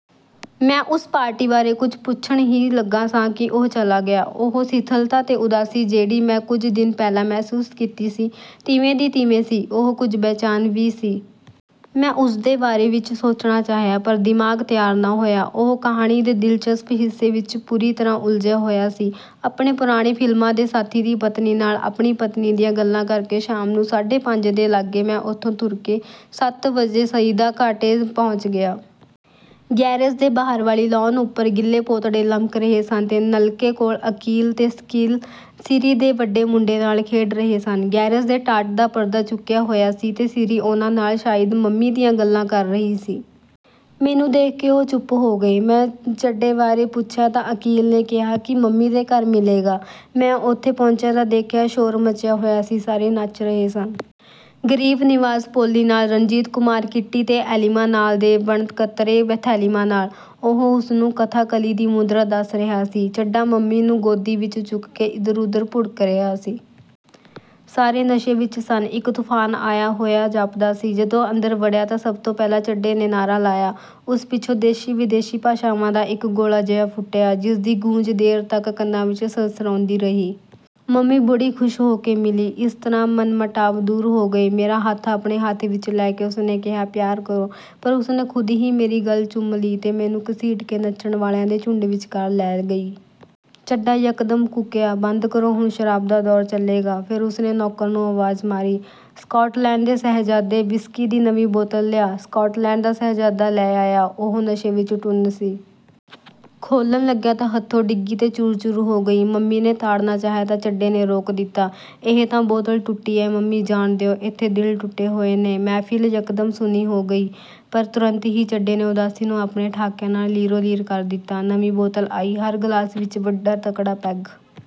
ਮੈਂ ਉਸ ਪਾਰਟੀ ਬਾਰੇ ਕੁਝ ਪੁੱਛਣ ਹੀ ਲੱਗਾ ਸਾਂ ਕਿ ਉਹ ਚਲਾ ਗਿਆ। ਉਹ ਸਿੱਥਲਤਾ ਤੇ ਉਦਾਸੀ ਜਿਹੜੀ ਮੈਂ ਕੁਝ ਦਿਨ ਪਹਿਲਾਂ ਮਹਿਸੂਸ ਕੀਤੀ ਸੀ, ਤਿਵੇਂ ਦੀ ਤਿਵੇਂ ਸੀ। ਉਹ ਕੁਝ ਬੇਚੈਨ ਵੀ ਸੀ। ਮੈਂ ਉਸਦੇ ਬਾਰੇ ਵਿਚ ਸੋਚਣਾ ਚਾਹਿਆ, ਪਰ ਦਿਮਾਗ ਤਿਆਰ ਨਾ ਹੋਇਆ। ਉਹ ਕਹਾਣੀ ਦੇ ਦਿਲਚਸਪ ਹਿੱਸੇ ਵਿਚ ਪੂਰੀ ਤਰ੍ਹਾਂ ਉਲਝਿਆ ਹੋਇਆ ਸੀ। ਆਪਣੇ ਪੁਰਾਣੇ ਫਿਲਮਾਂ ਦੇ ਸਾਥੀ ਦੀ ਪਤਨੀ ਨਾਲ ਆਪਣੀ ਪਤਨੀ ਦੀਆਂ ਗੱਲਾਂ ਕਰਕੇ ਸ਼ਾਮ ਨੂੰ ਸਾਢੇ ਪੰਜ ਦੇ ਲਾਗੇ ਮੈਂ ਉੱਥੋਂ ਤੁਰ ਕੇ ਸੱਤ ਵਜੇ ਸਈਦਾ ਕਾਟੇਜ ਪਹੁੰਚ ਗਿਆ। ਗੈਰੇਜ ਦੇ ਬਾਹਰ ਵਾਲੀ ਲਾਅਨ ਉਪਰ ਗਿੱਲੇ ਪੋਤੜੇ ਲਮਕ ਰਹੇ ਸਨ ਤੇ ਨਲਕੇ ਕੋਲ ਅਕੀਲ ਤੇ ਸਕੀਲ ਸੀਰੀਂ ਦੇ ਵੱਡੇ ਮੁੰਡੇ ਨਾਲ ਖੇਡ ਰਹੇ ਸਨ। ਗੈਰੇਜ ਦੇ ਟਾਟ ਦਾ ਪਰਦਾ ਚੁੱਕਿਆ ਹੋਇਆ ਸੀ ਤੇ ਸੀਰੀਂ ਉਹਨਾਂ ਨਾਲ ਸ਼ਾਇਦ ਮੰਮੀ ਦੀਆਂ ਗੱਲਾਂ ਕਰ ਰਹੀ ਸੀ। ਮੈਨੂੰ ਦੇਖ ਕੇ ਉਹ ਚੁੱਪ ਹੋ ਗਏ। ਮੈਂ ਚੱਡੇ ਬਾਰੇ ਪੁੱਛਿਆ ਤਾਂ ਅਕੀਲ ਨੇ ਕਿਹਾ ਕਿ ਮੰਮੀ ਦੇ ਘਰ ਮਿਲੇਗਾ। ਮੈਂ ਉੱਥੇ ਪਹੁੰਚਿਆ ਤਾਂ ਦੇਖਿਆ, ਸ਼ੋਰ ਮੱਚਿਆ ਹੋਇਆ ਸੀ ਸਾਰੇ ਨੱਚ ਰਹੇ ਸਨ। ਗਰੀਬ ਨਿਵਾਜ ਪੋਲੀ ਨਾਲ, ਰਣਜੀਤ ਕੁਮਾਰ ਕਿੱਟੀ ਤੇ ਐਲਿਮਾ ਨਾਲ ਤੇ ਵਣਕਤਰੇ ਥੈਲਿਮਾ ਨਾਲ। ਉਹ ਉਸਨੂੰ ਕਥਾ ਕਲੀ ਦੀ ਮੁਦਰਾ ਦਸ ਰਿਹਾ ਸੀ। ਚੱਡਾ ਮੰਮੀ ਨੂੰ ਗੋਦੀ ਵਿਚ ਚੁੱਕ ਕੇ ਇਧਰ-ਉਧਰ ਭੁੜਕ ਰਿਹਾ ਸੀ। ਸਾਰੇ ਨਸ਼ੇ ਵਿਚ ਸਨ। ਇਕ ਤੂਫਾਨ ਆਇਆ ਹੋਇਆ ਜਾਪਦਾ ਸੀ। ਜਦੋਂ ਅੰਦਰ ਵੜਿਆ ਤਾਂ ਸਭ ਤੋਂ ਪਹਿਲਾਂ ਚੱਡੇ ਨੇ ਨਾਅਰਾ ਲਾਇਆ। ਉਸ ਪਿੱਛੋਂ ਦੇਸੀ ਵਿਦੇਸ਼ੀ ਭਾਸ਼ਾਵਾਂ ਦਾ ਇਕ ਗੋਲਾ ਜਿਹਾ ਫੁੱਟਿਆ, ਜਿਸ ਦੀ ਗੂੰਜ ਦੇਰ ਤਕ ਕੰਨਾਂ ਵਿਚ ਸਰਸਰਾਉਂਦੀ ਰਹੀ। ਮੰਮੀ ਬੜੀ ਖੁਸ਼ ਹੋ ਕੇ ਮਿਲੀ। ਇਸ ਤਰ੍ਹਾਂ ਮਨਮਟਾਵ ਦੂਰ ਹੋ ਗਏ। ਮੇਰਾ ਹੱਥ ਆਪਣੇ ਹੱਥ ਵਿਚ ਲੈ ਕੇ ਉਸਨੇ ਕਿਹਾ, ਪਿਆਰ ਕਰੋ! " ਪਰ ਉਸਨੇ ਖ਼ੁਦ ਹੀ ਮੇਰੀ ਗੱਲ੍ਹ ਚੁੰਮ ਲਈ ਤੇ ਮੈਨੂੰ ਘਸੀਟ ਕੇ ਨੱਚਣ ਵਾਲਿਆਂ ਦੇ ਝੂੰਡ ਵਿਚਕਾਰ ਲੈ ਗਈ। ਚੱਡਾ ਯਕਦਮ ਕੂਕਿਆ, "ਬੰਦ ਕਰੋ ਹੁਣ ਸ਼ਰਾਬ ਦਾ ਦੌਰ ਚੱਲੇਗਾ! " ਫੇਰ ਉਸਨੇ ਨੌਕਰ ਨੂੰ ਆਵਾਜ਼ ਮਾਰੀ, "ਸਕਾਟਲੈਂਡ ਦੇ ਸ਼ਹਿਜ਼ਾਦੇ! ਵਿਸਕੀ ਦੀ ਨਵੀਂ ਬੋਤਲ ਲਿਆ! " ਸਕਾਟਲੈਂਡ ਦਾ ਸ਼ਹਿਜ਼ਾਦਾ ਲੈ ਆਇਆ। ਉਹ ਨਸ਼ੇ ਵਿਚ ਟੁੰਨ ਸੀ। ਖੋਹਲਣ ਲੱਗਿਆ ਤਾਂ ਹੱਥੋਂ ਡਿੱਗੀ ਤੇ ਚੂਰ-ਚੂਰ ਹੋ ਗਈ। ਮੰਮੀ ਨੇ ਤਾੜਨਾਂ ਚਾਹਿਆ ਤਾਂ ਚੱਡੇ ਨੇ ਰੋਕ ਦਿੱਤਾ, "ਇਹ ਤਾਂ ਬੋਤਲ ਟੁੱਟੀ ਏ ਮੰਮੀ, ਜਾਣ ਦਿਓ, ਏਥੇ ਦਿਲ ਟੁੱਟੇ ਹੋਏ ਨੇ। " ਮਹਿਫ਼ਿਲ ਯਕਦਮ ਸੁੰਨੀ ਹੋ ਗਈ, ਪਰ ਤੁਰੰਤ ਹੀ ਚੱਡੇ ਨੇ ਉਦਾਸੀ ਨੂੰ ਆਪਣੇ ਠਹਾਕਿਆਂ ਨਾਲ ਲੀਰੋ-ਲੀਰ ਕਰ ਦਿੱਤਾ। ਨਵੀਂ ਬੋਤਲ ਆਈ। ਹਰ ਗਲਾਸ ਵਿਚ ਵੱਡਾ ਤਕੜਾ ਪੈਗ